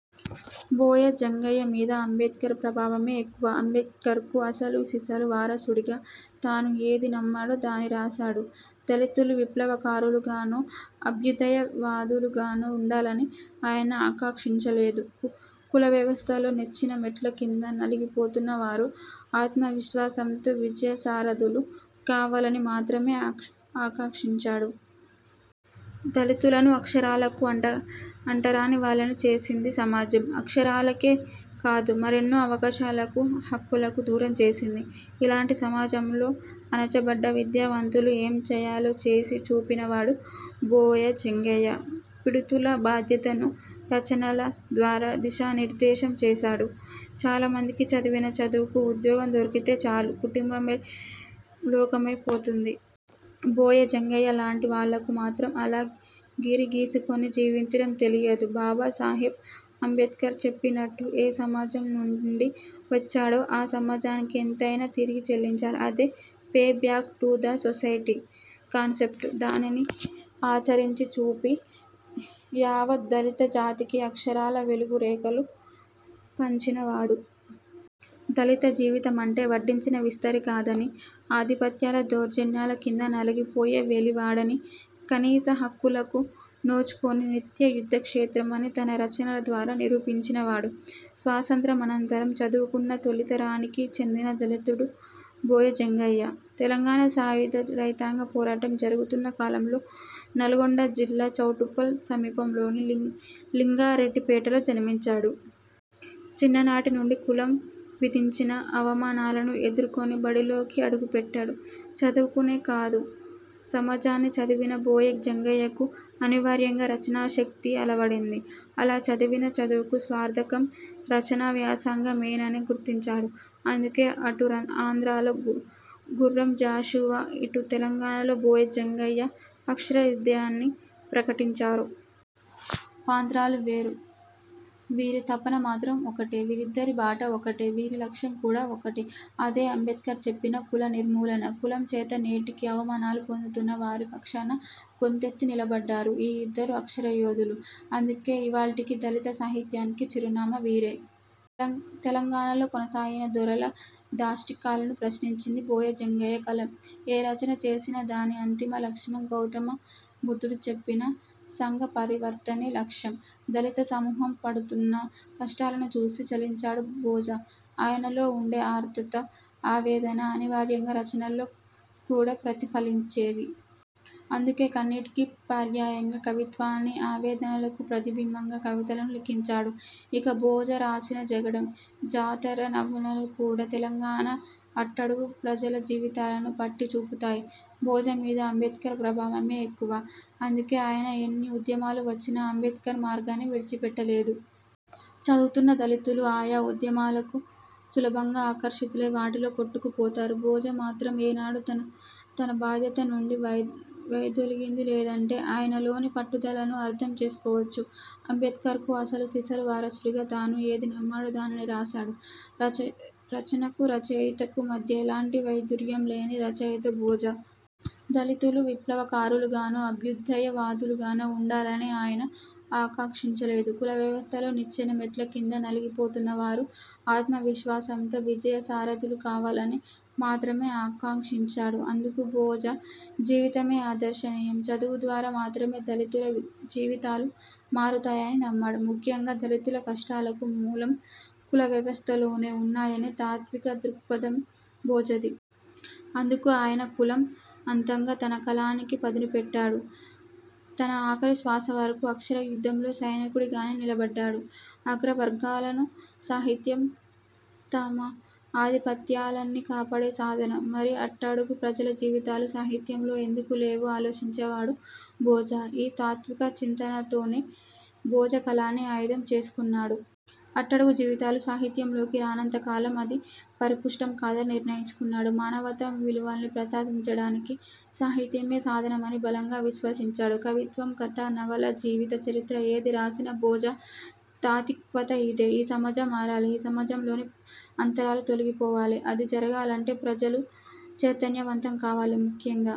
బోయ జంగయ్య మీద అంబేడ్కర్ ప్రభావమే ఎక్కువ. అంబేడ్కర్కు అసలు సిసలు వారసుడిగా తాను ఏది నమ్మాడో, దానిని రాసాడు. దళితులు విప్లవకారులుగానో, అభ్యుదయ వాదులుగానో ఉండాలని ఆయన ఆకాంక్షించలేదు. కులవ్యవస్థలో నిచ్చెన మెట్ల కింద నలిగిపోతున్న వారు, ఆత్మవిశ్వాసంతో విజయసారథులు కావాలని మాత్రమే ఆకాంక్షించాడు. దళితులను అక్షరాలకు అంటరాని వాళ్లను చేసింది సమాజం. అక్షరాలకే కాదు మరెన్నో అవకాశాలకు, హక్కులకు దూరం చేసింది. ఇలాంటి సమాజంలో అణచబడ్డ విద్యావంతులు ఏం చేయాలో, చేసి చూపినవాడు బోయ జంగయ్య. పీడితుల బాధ్యతను రచనల ద్వారా దిశానిర్దేశం చేశాడు. చాలామందికి చదివిన చదువుకు ఉద్యోగం దొరికితే చాలు, కుటుంబమే లోకమై పోతది. బోయ జంగయ్య లాంటి వాళ్లకు మాత్రం అలా గిరిగీసుకొని జీవించడం తెలియదు. బాబా సాహెబ్ అంబేడ్కర్ చెప్పినట్టు ఏ సమాజం నుండి వచ్చాడో ఆ సమాజానికి కొంతైనా తిరిగి చెల్లించాలి. అదే ''pay back to the society'' concept. దానిని ఆచరించి చూపి, యావత్ దళిత జాతికి అక్షరాల వెలుగురేఖలు పంచినవాడు. దళిత జీవితమంటే వడ్డించిన విస్తరి కాదని, ఆధిపత్యాల దౌర్జన్యాల కింద నలిగిపోయే వెలివాడని, కనీస హక్కులకు నోచుకొని నిత్య యుద్ధక్షేత్రమని తన రచనలద్వారా నిరూపించినవాడు. స్వాతంత్య్రమనంతరం చదువుకున్న తొలితరానికి చెందిన దళితుడు బోయ జంగయ్య. తెలంగాణ సాయుధ రైతాంగ పోరాటం జరుగుతున్న కాలంలో నల్లగొండ జిల్లా చౌటుప్పల్ సమీపంలోని లింగారెడ్డిపేటలో జన్మించాడు. చిన్ననాటి నుండి కులం విధించిన అవమానాలను ఎదుర్కొని బడిలోకి అడుగుపెట్టాడు. చదువునే కాదు సమాజాన్ని చదివిన బోయ జంగయ్యకు అనివార్యంగా రచనాశక్తి అలవడింది. అలా చదివిన చదువుకు సార్థకం రచనావ్యాసంగమేనని గుర్తించాడు. అందుకే అటు ఆంధ్రాలో గుర్రం జాషువా, ఇటు తెలంగాణలో బోయ జంగయ్య అక్షరయుద్ధాన్ని ప్రకటించారు. ప్రాంతాలు వేరు. వీరి తపన మాత్రం ఒకటే. వీరిద్దరి బాట ఒక్కటే. వీరి లక్ష్యం కూడా ఒక్కటే. అదే అంబేడ్కర్ చెప్పిన కులనిర్మూలన. కులం చేత నేటికి అవమానాలు పొందుతున్న వారి పక్షాన గొంతెత్తి నిలబడ్డారు ఈ యిద్దరు అక్షర యోధులు. అందుకే ఇవాళ్టికి దళిత సాహిత్యానికి చిరునామా వీరే. తెలంగాణలో కొనసాగిన దొరల దాష్టీకాలను ప్రశ్నించింది బోయ జంగయ్య కలం. ఏ రచన చేసినా దాని అంతిమ లక్ష్యం గౌతమ బుద్ధుడు చెప్పిన సంఘపరివర్తనే లక్ష్యం. దళిత సమూహం పడుతున్న కష్టాలను చూసి చలించాడు బోజ. ఆయనలో ఉండే ఆర్ధ్రత, ఆవేదన అనివార్యంగా రచనల్లో కూడా ప్రతిఫలించేవి. అందుకే కన్నీటికి పర్యాయంగా కవిత్వాన్ని, ఆవేదనలకు ప్రతిబింబంగా కథలను లిఖించాడు. ఇక బోజ రాసిన జగడం, జాతర నవలలు కూడా తెలంగాణ అట్టడుగు ప్రజల జీవితాలను పట్టి చూపుతాయి. బోజ మీద అంబేడ్కర్ ప్రభావమే ఎక్కువ. అందుకే ఆయన ఎన్ని ఉద్యమాలు వచ్చినా అంబేడ్కర్ మార్గాన్ని విడిచిపెట్టలేదు. చదువుకున్న దళితులు ఆయా ఉద్యమాలకు సులభంగా ఆకర్షితులై వాటిలో కొట్టుకుపోతారు. బోజ మాత్రం ఏనాడూ తన బాధ్యత నుండి వైదొలగింది లేదంటే, ఆయనలోని పట్టుదలను అర్థం చేసుకోవచ్చు. అంబేడ్కర్కు అసలు సిసలు వారసుడిగా తాను ఏది నమ్మాడో, దానిని రాసాడు. రచనకు, రచయితకు మధ్య ఎలాంటి వైరుధ్యం లేని రచయిత బోజ. దళితులు విప్లవకారులుగానో, అభ్యుదయ వాదులుగానో ఉండాలని ఆయన ఆకాంక్షించలేదు. కులవ్యవస్థలో నిచ్చెన మెట్ల కింద నలిగిపోతున్న వారు, ఆత్మవిశ్వాసంతో విజయసారథులు కావాలని మాత్రమే ఆకాంక్షించాడు. అందుకు బోజ జీవితమే ఆదర్శనీయం. చదువు ద్వారా మాత్రమే దళితుల జీవితాలు మారుతాయని నమ్మాడు. ముఖ్యంగా దళితుల కష్టాలకు మూలం కులవ్యవస్థలోనే ఉన్నాయనే తాత్విక దృక్పథం బోజది. అందుకే ఆయన కులం అంతంగా తన కలానికి పదును పెట్టాడు. తనఆఖరి శ్వాసవరకు అక్షరయుద్ధంలో సైనికుడిగానే నిలబడ్డాడు. అగ్రవర్ణాలకు సాహిత్యం తమ ఆధిపత్యాల్ని కాపాడే సాధనం. మరి అట్టడుగు ప్రజల జీవితాలు సాహిత్యంలో ఎందుకు లేవో ఆలోచించాడు బోజ. ఈ తాత్విక చింతనతోనే బోజ కలాన్ని ఆయుధం చేసుకున్నాడు. అట్టడుగు జీవితాలు సాహిత్యంలోకి రానంత కాలం, అది పరిపుష్టం కాదని నిర్ణయించుకున్నాడు. మానవతా విలువల్ని ప్రతిపాదించడానికి సాహిత్యమే సాధనమని బలంగా విశ్వసించాడు. కవిత్వం, కథ, నవల, జీవిత చరిత్ర ఏది రాసిన బోజ తాత్వికత ఇదే. ఈ సమాజం మారాలి. ఈ సమాజంలోని అంతరాలు తొలగిపోవాలి. అది జరగాలంటే ప్రజలు చైతన్యవంతం కావాలి. ముఖ్యంగా